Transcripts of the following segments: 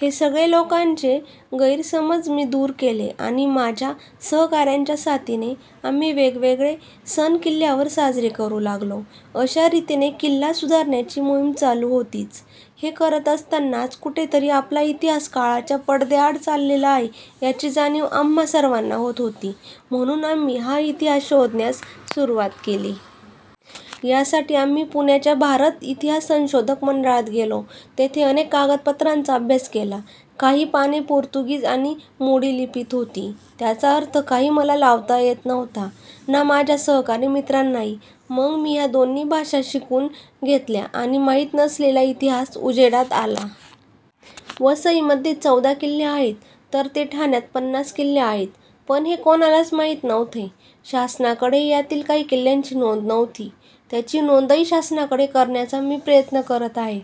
हे सगळे लोकांचे गैरसमज मी दूर केले आणि माझ्या सहकाऱ्यांच्या साथीने आम्ही वेगवेगळे सण किल्ल्यावर साजरे करू लागलो. अशा रीतीने किल्ला सुधारण्याची मोहीम चालू होतीच. हे करत असतानाच कुठेतरी आपला इतिहास काळाच्या पडद्याआड चाललेला आहे याची जाणीव आम्हा सर्वांना होत होती, म्हणून आम्ही हा इतिहास शोधण्यास सुरुवात केली. यासाठी आम्ही पुण्याच्या भारत इतिहास संशोधक मंडळात गेलो. तेथे अनेक कागदपत्रांचा अभ्यास केला. काही पाने पोर्तुगीज आणि मोडीलिपीत होती. त्याचा अर्थ काही मला लावता येत नव्हता ना माझ्या सहकारी मित्रांनाही. मग मी ह्या दोन्ही भाषा शिकून घेतल्या आणि माहीत नसलेला इतिहास उजेडात आला. वसईमध्ये चौदा किल्ले आहेत, तर ठाण्यात पन्नास किल्ले आहेत. पण हे कोणालाच माहीत नव्हते. शासनाकडेही यातील काही किल्ल्यांची नोंद नव्हती. त्याची नोंदही शासनाकडे करण्याचा मी प्रयत्न करत आहे.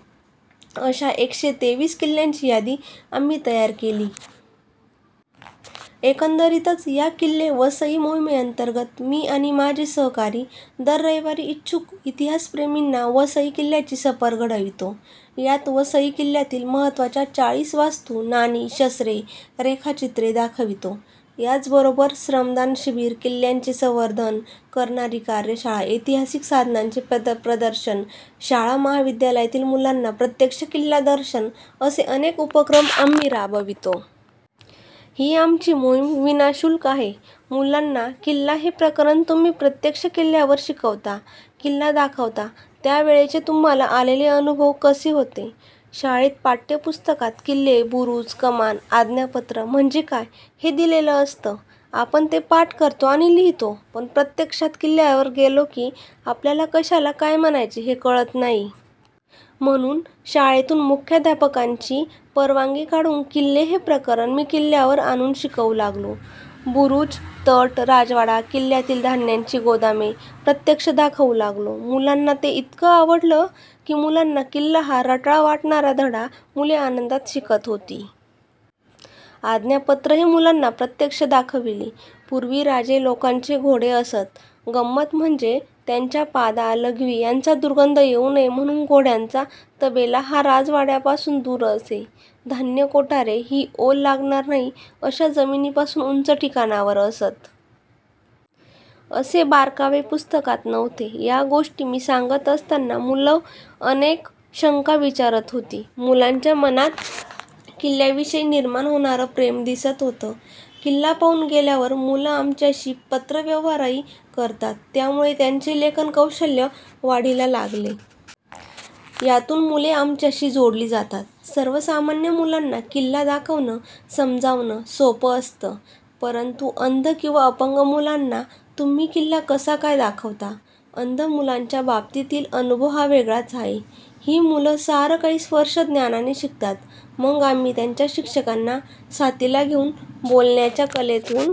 अशा एकशे तेवीस किल्ल्यांची यादी आम्ही तयार केली. एकंदरीतच या किल्ले वसई मोहिमेअंतर्गत मी आणि माझे सहकारी दर रविवारी इच्छुक इतिहासप्रेमींना वसई किल्ल्याची सफर घडवितो. यात वसई किल्ल्यातील महत्त्वाच्या चाळीस वास्तू, नाणी, शस्त्रे, रेखाचित्रे दाखवितो. याचबरोबर श्रमदान शिबीर, किल्ल्यांचे संवर्धन करणारी कार्यशाळा, ऐतिहासिक साधनांचे प्रदर्शन, शाळा महाविद्यालयातील मुलांना प्रत्यक्ष किल्ला दर्शन असे अनेक उपक्रम आम्ही राबवितो. ही आमची मोहीम विनाशुल्क आहे. मुलांना किल्ला हे प्रकरण तुम्ही प्रत्यक्ष किल्ल्यावर शिकवता, किल्ला दाखवता त्यावेळेचे तुम्हाला आलेले अनुभव कसे होते? शाळेत पाठ्यपुस्तकात किल्ले, बुरूज, कमान, आज्ञापत्र म्हणजे काय हे दिलेले असतं. आपण ते पाठ करतो आणि लिहितो, पण प्रत्यक्षात किल्ल्यावर गेलो की आपल्याला कशाला काय म्हणायचे हे कळत नाही. म्हणून शाळेतून मुख्याध्यापकांची परवानगी काढून किल्ले हे प्रकरण मी किल्ल्यावर आणून शिकवू लागलो. बुरूज, तट, राजवाडा, किल्ल्यातील धान्याची गोदामे प्रत्यक्ष दाखवू लागलो. मुलांना ते इतकं आवडलं की मुलांना किल्ला हा रटाळ वाटणारा धडा मुले आनंदात शिकत होती. आज्ञापत्रही मुलांना प्रत्यक्ष दाखविली. पूर्वी राजे लोकांचे घोडे असत. गंमत म्हणजे त्यांच्या पादा, लघवी याचा दुर्गंध येऊ नये म्हणून घोड्यांचा तबेला हा राजवाड्यापासून दूर असे. धान्य कोठारे ही ओल लागणार नाही अशा जमिनीपासून उंच ठिकाणावर असत. असे बारकावे पुस्तकात नव्हते. या गोष्टी मी सांगत असताना मुलं अनेक शंका विचारत होती. मुलांच्या मनात किल्ल्याविषयी निर्माण होणारं प्रेम दिसत होतं. किल्ला पाहून गेल्यावर मुलं आमच्याशी पत्रव्यवहारही करतात. त्यामुळे त्यांचे लेखन कौशल्य वाढीला लागते. यातून मुले आमच्याशी जोडली जातात. सर्वसामान्य मुलांना किल्ला दाखवणं, समजावणं सोपं असतं, परंतु अंध किंवा अपंग मुलांना तुम्ही किल्ला कसा काय दाखवता? अंध मुलांच्या बाबतीतील अनुभव हा वेगळाच आहे. ही मुलं सारं काही स्पर्शज्ञानाने शिकतात. मग आम्ही त्यांच्या शिक्षकांना साथीला घेऊन बोलण्याच्या कलेतून